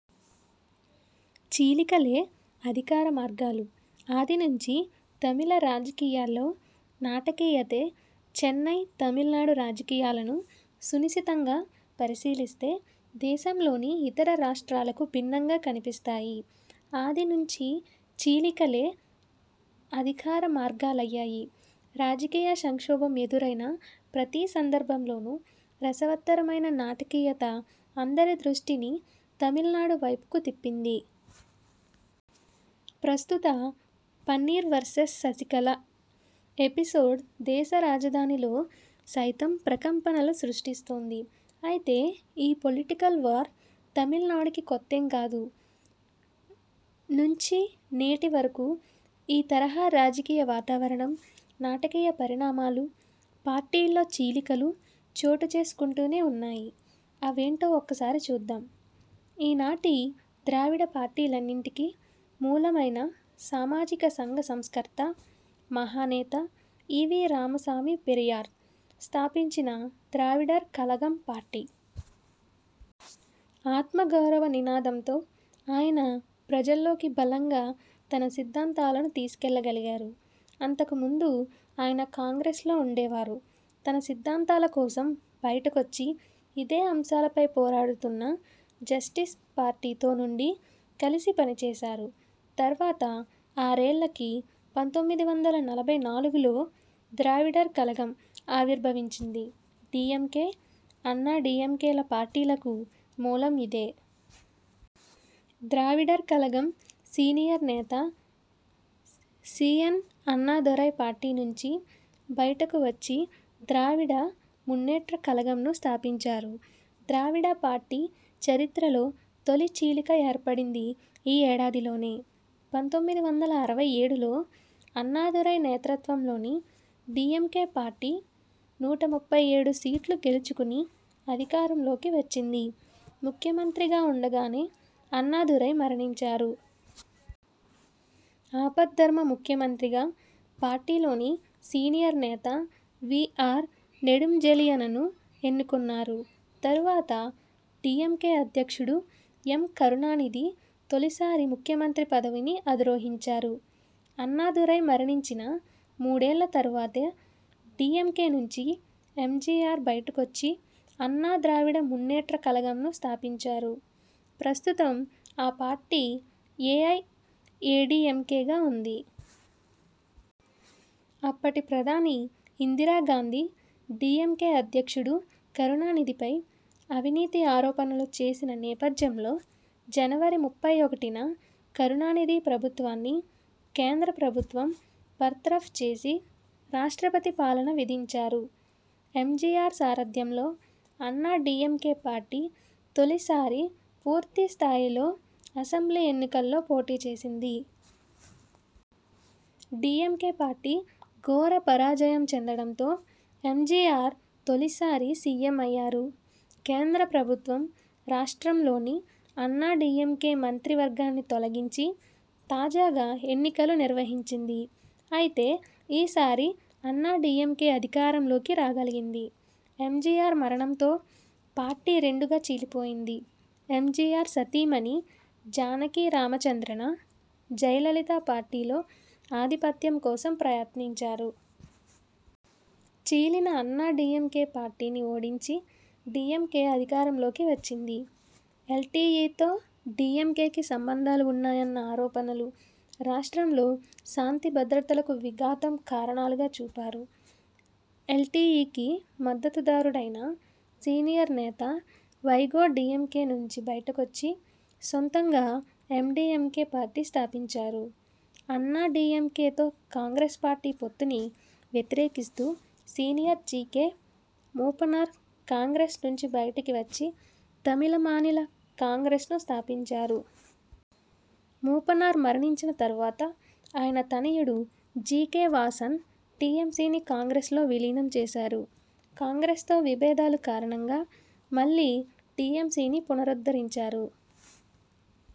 చీలికలే అధికార మార్గాలు ఆది నుంచి తమిళ రాజకీయాల్లో నాటకీయతేచెన్నై తమిళనాడు రాజకీయాలను సునిశితంగా పరి శీలిస్తే దేశంలోని ఇతర రాష్ట్రాలకు భిన్నంగా కనిపిస్తాయి. ఆది నుంచి చీలికలే అధికార మార్గాలయ్యాయి. రాజకీయ సంక్షోభం ఎదురైన ప్రతి సందర్భంలోనూ రసవత్తరమైన నాటకీయత అందరి దృష్టిని తమిళనాడు వైపుకు తిప్పింది. ప్రస్తుత 'పన్నీర్ వర్సెస్ శశికళ' ఎపిసోడ్ దేశ రాజధానిలో సైతం ప్రకంపనలు సృష్టిస్తోంది. అయితే ఈ పొలిటికల్ వార్ తమిళ నాడుకి కొత్తేం కాదు. నుంచి నేటి వరకు ఈ తరహా రాజకీయ వాతావరణం, నాటకీయ పరిణామాలు, పార్టీల్లో చీలికలు చోటుచేసు కుంటూనే వున్నాయి. అవేంటో ఒక్కసారి చూద్దాం ఈనాటి ద్రావిడ పార్టీలన్నింటికీ మూలమైన సామాజిక సంఘ సంస్కర్త, మహానేత ఈవీ రామసామి పెరియార్ స్థాపించిన ద్రావిడర్ కళగం పార్టీ. ఆత్మగౌరవ నినాదంతో ఆయన ప్రజల్లోకి బలంగా తన సిద్ధాంతాలను తీసుకెళ్లగలిగారు. అంతకుముందు ఆయన కాంగ్రెస్లో ఉండేవారు. తన సిద్ధాంతాల కోసం బయటికొచ్చి, ఇదే అంశాలపై పోరాడుతున్న జస్టిస్ పార్టీతో నుండి కలిసి పనిచేశారు. తరువాత ఆరేళ్లకి పంతొమ్మిది వందల నలభై నాలుగులో 'ద్రావిడర్ కళగం' ఆవిర్భవించింది డీఎంకే, అన్నాడీఎంకేల పార్టీలకు మూలం ఇదే. ద్రావిడర్ కళగం సీనియర్ నేత సీఎన అన్నాదురై పార్టీ నుంచి బయటకు వచ్చి ద్రావిడ మున్నేట్ర కళగం ను స్థాపించారు. ద్రావిడ పార్టీ చరిత్రలో తొలి చీలిక ఏర్పడింది ఈ ఏడాదిలోనే. పంతొమ్మిది వందల అరవై ఏడులో అన్నాదురై నేతృత్వంలోని డీఎంకే పార్టీ నూట ముప్పై ఏడు సీట్లు గెల్చుకుని అధికారంలోకి వచ్చింది ముఖ్యమంత్రిగా ఉండగానే అన్నాదురై మరణించారు. ఆపద్ధర్మ ముఖ్యమంత్రిగా పార్టీలోని సీనియర్ నేత వీఆర్ నెడుంజెళియనను ఎన్నుకున్నారు. తరువాత డీఎంకే అధ్యక్షుడు ఎం.కరుణానిధి తొలిసారి ముఖ్య మంత్రి పదవిని అధిరోహించారు. అన్నాదురై మరణించిన మూడేళ్ల తరువాత డీఎంకే నుంచి ఎంజీఆర్ బయటకొచ్చి అన్నా ద్రావిడ మున్నేట్ర కళగం ను స్థాపించారు. ప్రస్తుతం ఆ పార్టీ ఏఐఏడీఎంకేగా ఉంది. అప్పటి ప్రధాని ఇందిరాగాంధి డీఎంకే అధ్యక్షుడు కరుణానిధిపై అవినీతి ఆరోపణలు చేసిన నేపథ్యంలోజనవరి ముప్పై ఒకటిన కరుణానిధి ప్రభు త్వాన్ని కేంద్ర ప్రభుత్వం బర్తరఫ్ చేసి, రాష్ట్రపతి పాలన విధించారు ఎంజీఆర్ సారథ్యంలో అన్నాడీఎంకే పార్టీ తొలిసారి పూర్తి స్థాయిలో అసెంబ్లీ ఎన్నికల్లో పోటీ చేసింది. డీఎంకే పార్టీ ఘోర పరా జయం చెందడంతో ఎంజీఆర్ తొలిసారి సీఎం అయ్యారు. కేంద్ర ప్రభుత్వం రాష్ట్రంలోని అన్నాడీఎంకే మంత్రివర్గాన్ని తొలగించి, తాజాగా ఎన్నికలు నిర్వహించింది. అయితే ఈసారీ అన్నాడీఎంకే అధికారంలోకి రాగలిగింది. ఎంజీఆర్ మరణంతో పార్టీ రెండుగా చీలిపోయింది. ఎంజీఆర్ సతీమణి జానకి రామచంద్రన, జయలలిత పార్టీలో ఆధిపత్యం కోసం ప్రయత్నించారు. చీలిన అన్నాడీఎంకే పార్టీని ఓడించి డీఎంకే అధికారంలోకి వచ్చింది. ఎల్టీటీఈతో డీఎంకేకి సంబంధాలు ఉన్నాయన్న ఆరోపణలు, రాష్ట్రంలో శాంతి భద్రతలకు విఘాతం కారణాలుగా చూపారు. ఎల్టీటీఈకి మద్ధతుదారుడైన సీనియర్ నేత వైగో డీఎంకే నుంచి బయటకొచ్చి, సొంతంగా ఎండీఎంకే పార్టీ స్థాపించారు. అన్నాడీఎంకేతో కాంగ్రెస్ పార్టీ పొత్తుని వ్యతిరేకిస్తూ సీనియర్ జీకే మూపనార్ కాంగ్రెస్ నుంచి బయటకి వచ్చి తమిళ మానిల కాంగ్రెస్ ను స్థాపించారు. మూపనార్ మరణించిన తరువాత ఆయన తనయుడు జీకే వాసన్ టీఎంసీని కాంగ్రెస్లో విలీనం చేశారు. కాంగ్రెస్తో విభేదాలు కారణంగా మళ్లీ టీఎంసీని పునరుద్ధరించారు.